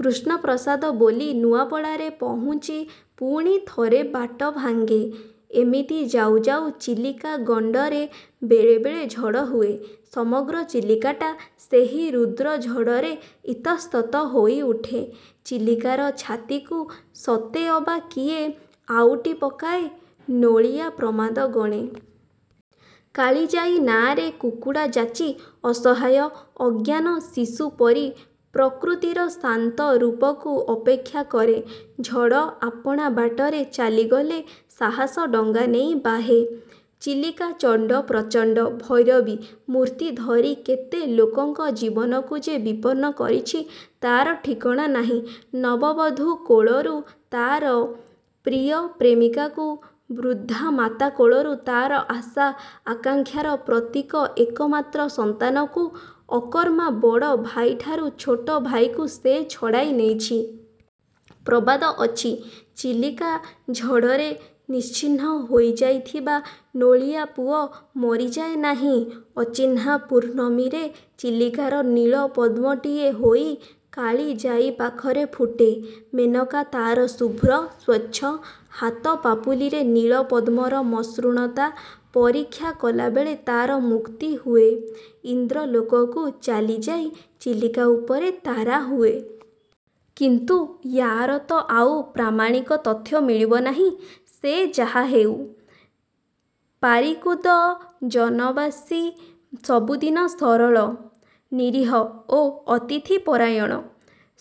କୃଷ୍ଣପ୍ରସାଦ ବୋଲି ନୂଆପଡ଼ାରେ ପହୁଞ୍ଚି ପୁଣି ଥରେ ବାଟ ଭାଙ୍ଗେ-। ଏମିତି ଯାଉ, ଯାଉ ଚିଲିକା-ଗଣ୍ଡରେ ବେଳେ ବେଳେ ଝଡ଼ ହୁଏ। ସମଗ୍ର ଚିଲିକାଟା ସେହି ରୁଦ୍ର ଝଡ଼ରେ ଇତଃସ୍ତତ ହୋଇଉଠେ। ଚିଲିକାର ଛାତିକୁ ସତେ ଅବା କିଏ ଆଉଟି ପକାଏ-। ନୋଳିଆ ପ୍ରମାଦ ଗଣେ। କାଳିଜାଇ ନାଆଁରେ କୁକୁଡ଼ା ଯାଚି, ଅସହାୟ, ଅଜ୍ଞାନ ଶିଶୁପରି ପ୍ରକୃତିର ଶାନ୍ତରୂପକୁ ଅପେକ୍ଷା କରେ। ଝଡ଼ ଆପଣା ବାଟରେ ଚାଲିଗଲେ ସାହାସ ଡଙ୍ଗା ନେଇ ବାହେ-। ଚିଲିକା ଚଣ୍ଡ ପ୍ରଚଣ୍ଡ-ଭୈରବୀ-ମୂର୍ତ୍ତି ଧରି କେତେ ଲୋକଙ୍କ ଜୀବନକୁ ଯେ ବିପନ୍ନ କରିଛି ତା'ର ଠିକଣା ନାହିଁ। ନବବଧୂ କୋଳରୁ ତା'ର ପ୍ରିୟ ପ୍ରେମିକାକୁ, ବୃଦ୍ଧାମାତା କୋଳରୁ ତା'ର ଆଶା, ଆକାଙ୍କ୍ଷାର ପ୍ରତୀକ ଏକମାତ୍ର ସନ୍ତାନକୁ; ଅକର୍ମା ବଡ଼ ଭାଇଠାରୁ ଛୋଟ ଭାଇକୁ ସେ ଛଡ଼ାଇ ନେଇଛି। ପ୍ରବାଦ ଅଛି, ଚିଲିକା ଝଡ଼ରେ ନିଶ୍ଚିହ୍ନ ହୋଇଯାଇଥିବା ନୋଳିଆ ପୁଅ ମରିଯାଏ ନାହିଁ-। ଅଚିହ୍ନା ପୂର୍ଣ୍ଣମୀରେ ଚିଲିକାର ନୀଳ-ପଦ୍ମଟିଏ ହୋଇ କାଳିଯାଇ ପାଖରେ ଫୁଟେ। ମେନକା ତା'ର ଶୁଭ୍ର, ସ୍ୱଚ୍ଛ ହାତ ପାପୁଲିରେ ନୀଳ-ପଦ୍ମର ମସୃଣତା ପରୀକ୍ଷା କଲାବେଳେ ତାର ମୁକ୍ତି ହୁଏ-। ଇନ୍ଦ୍ରଲୋକକୁ ଚାଲିଯାଇ ଚିଲିକା ଉପରେ ତାରା ହୁଏ;। କିନ୍ତୁ ୟାର ତ ଆଉ ପ୍ରାମାଣିକ ତଥ୍ୟ ମିଳିବ ନାହିଁ! ସେ ଯାହା ହେଉ, ପାରିକୁଦ ଜନବାସୀ ସବୁଦିନ ସରଳ, ନିରୀହ ଓ ଅତିଥି ପରାୟଣ।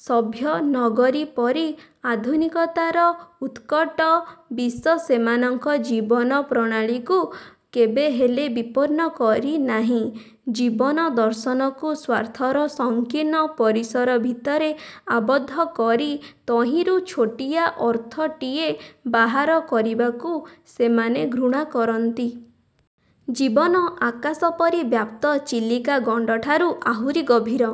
ସଭ୍ୟ ନଗରୀ ପରି ଆଧୁନିକତାର ଉତ୍କଟ ବିଷ ସେମାନଙ୍କ ଜୀବନ ପ୍ରଣାଳୀକୁ କେବେହେଲେ ବିପନ୍ନ କରି ନାହିଁ। ଜୀବନ-ଦର୍ଶନକୁ ସ୍ୱାର୍ଥର ସଂକୀର୍ଣ୍ଣ ପରିସର ଭିତରେ ଆବଦ୍ଧ କରି ତହିଁରୁ ଛୋଟିଆ ଅର୍ଥଟିଏ ବାହାର କରିବାକୁ ସେମାନେ ଘୃଣା କରନ୍ତି। ଜୀବନ ଆକାଶପରି ବ୍ୟାପ୍ତ ଚିଲିକା ଗଣ୍ଡଠାରୁ ଆହୁରି ଗଭୀର।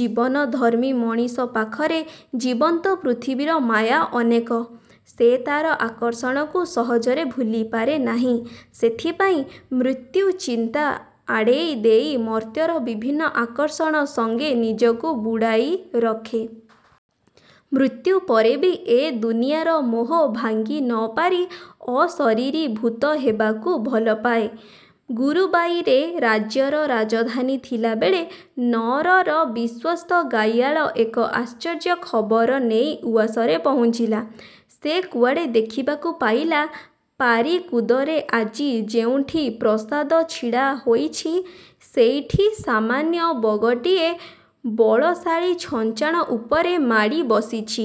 ଜୀବନ ଧର୍ମୀ ମଣିଷ ପାଖରେ ଜୀବନ୍ତ ପୃଥିବୀର ମାୟା ଅନେକ। ସେ ତା'ର ଆକର୍ଷଣକୁ ସହଜରେ ଭୁଲିପାରେ ନାହିଁ। ସେଥିପାଇଁ ମୃତ୍ୟୁ ଚିନ୍ତା ଆଡ଼େଇ ଦେଇ ମର୍ତ୍ତ୍ୟର ବିଭିନ୍ନ ଆକର୍ଷଣ ସଙ୍ଗେ ନିଜକୁ ବୁଡ଼ାଇ ରଖେ। ମୃତ୍ୟୁପରେ ବି ଏ ଦୁନିଆର ମୋହ ଭାଙ୍ଗି ନ ପାରି ଅଶରିରୀ ଭୂତ ହେବାକୁ ଭଲପାଏ। 'ଗୁରୁବାଇ'ରେ ରାଜ୍ୟର ରାଜଧାନୀ ଥିଲାବେଳେ ନଅରର ବିଶ୍ୱସ୍ତ ଗାଈଆଳ ଏକ ଆଶ୍ଚର୍ଯ୍ୟ ଖବର ନେଇ ଉଆସରେ ପହୁଞ୍ଚିଲା। ସେ କୁଆଡ଼େ ଦେଖିବାକୁ ପାଇଲା, ପାରିକୁଦରେ ଆଜି ଯେଉଁଠି ପ୍ରାସାଦ ଛିଡ଼ା ହୋଇଛି, ସେଇଠି ସାମାନ୍ୟ ବଗଟିଏ ବଳଶାଳୀ ଛଞ୍ଚାଣ ଉପରେ ମାଡ଼ି ବସିଛି।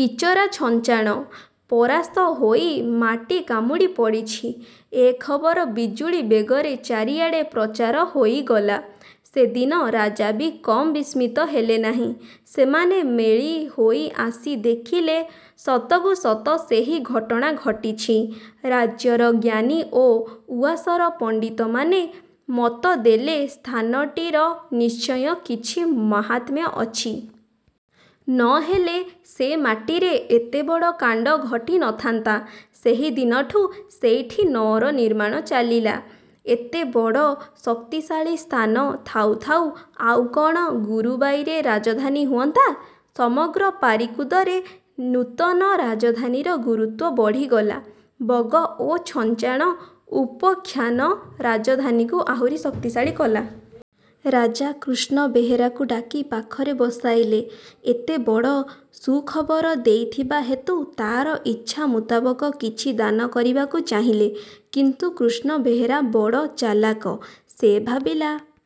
ବିଚରା ଛଞ୍ଚାଣ ପରାସ୍ତ ହୋଇ ମାଟି କାମୁଡ଼ି ପଡ଼ିଛି। ଏ ଖବର ବିଜୁଳୀ ବେଗରେ ଚାରିଆଡ଼େ ପ୍ରଚାର ହୋଇଗଲା। ସେଦିନର ରାଜା ବି କମ୍ ବିସ୍ମିତ ହେଲେ ନାହିଁ। ସେମାନେ ମେଳି ହୋଇ ଆସି ଦେଖିଲେ ସତକୁ ସତ ସେହି ଘଟଣା ଘଟିଛି। ରାଜ୍ୟର ଜ୍ଞାନୀ ଓ ଉଆସର ପଣ୍ଡିତମାନେ ମତଦେଲେ ସ୍ଥାନଟିର ନିଶ୍ଚୟ କିଛି ମାହାତ୍ମ୍ୟ ଅଛି। ନ ହେଲେ ସେ ମାଟିରେ ଏତେବଡ଼ କାଣ୍ଡ ଘଟି ନ ଥାନ୍ତା! ସେହିଦିନଠୁ ସେଇଠି ନଅର ନିର୍ମାଣ ଚାଲିଲା। ଏତେବଡ଼ ଶକ୍ତିଶାଳୀ ସ୍ଥାନ ଥାଉ ଥାଉ ଆଉ କଣ ଗୁରୁବାଇରେ ରାଜଧାନୀ ହୁଅନ୍ତା? ସମଗ୍ର ପାରିକୁଦରେ ନୂତନ ରାଜଧାନୀର ଗୁରୁତ୍ୱ ବଢ଼ିଗଲା। 'ବଗ ଓ ଛଞ୍ଚାଣ' ଉପଖ୍ୟାନ ରାଜଧାନୀକୁ ଆହୁରି ଶକ୍ତିଶାଳୀ କଲା। ରାଜା କୃଷ୍ଣ ବେହେରାକୁ ଡାକି ପାଖରେ ବସାଇଲେ। ଏତେ ବଡ଼ ସୁଖବର ଦେଇଥିବା ହେତୁ ତା'ର ଇଚ୍ଛାମୁତାବକ କିଛି ଦାନ କରିବାକୁ ଚାହିଁଲେ। କିନ୍ତୁ କୃଷ୍ଣ ବେହେରା ବଡ଼ ଚାଲାକ। ସେ ଭାବିଲା,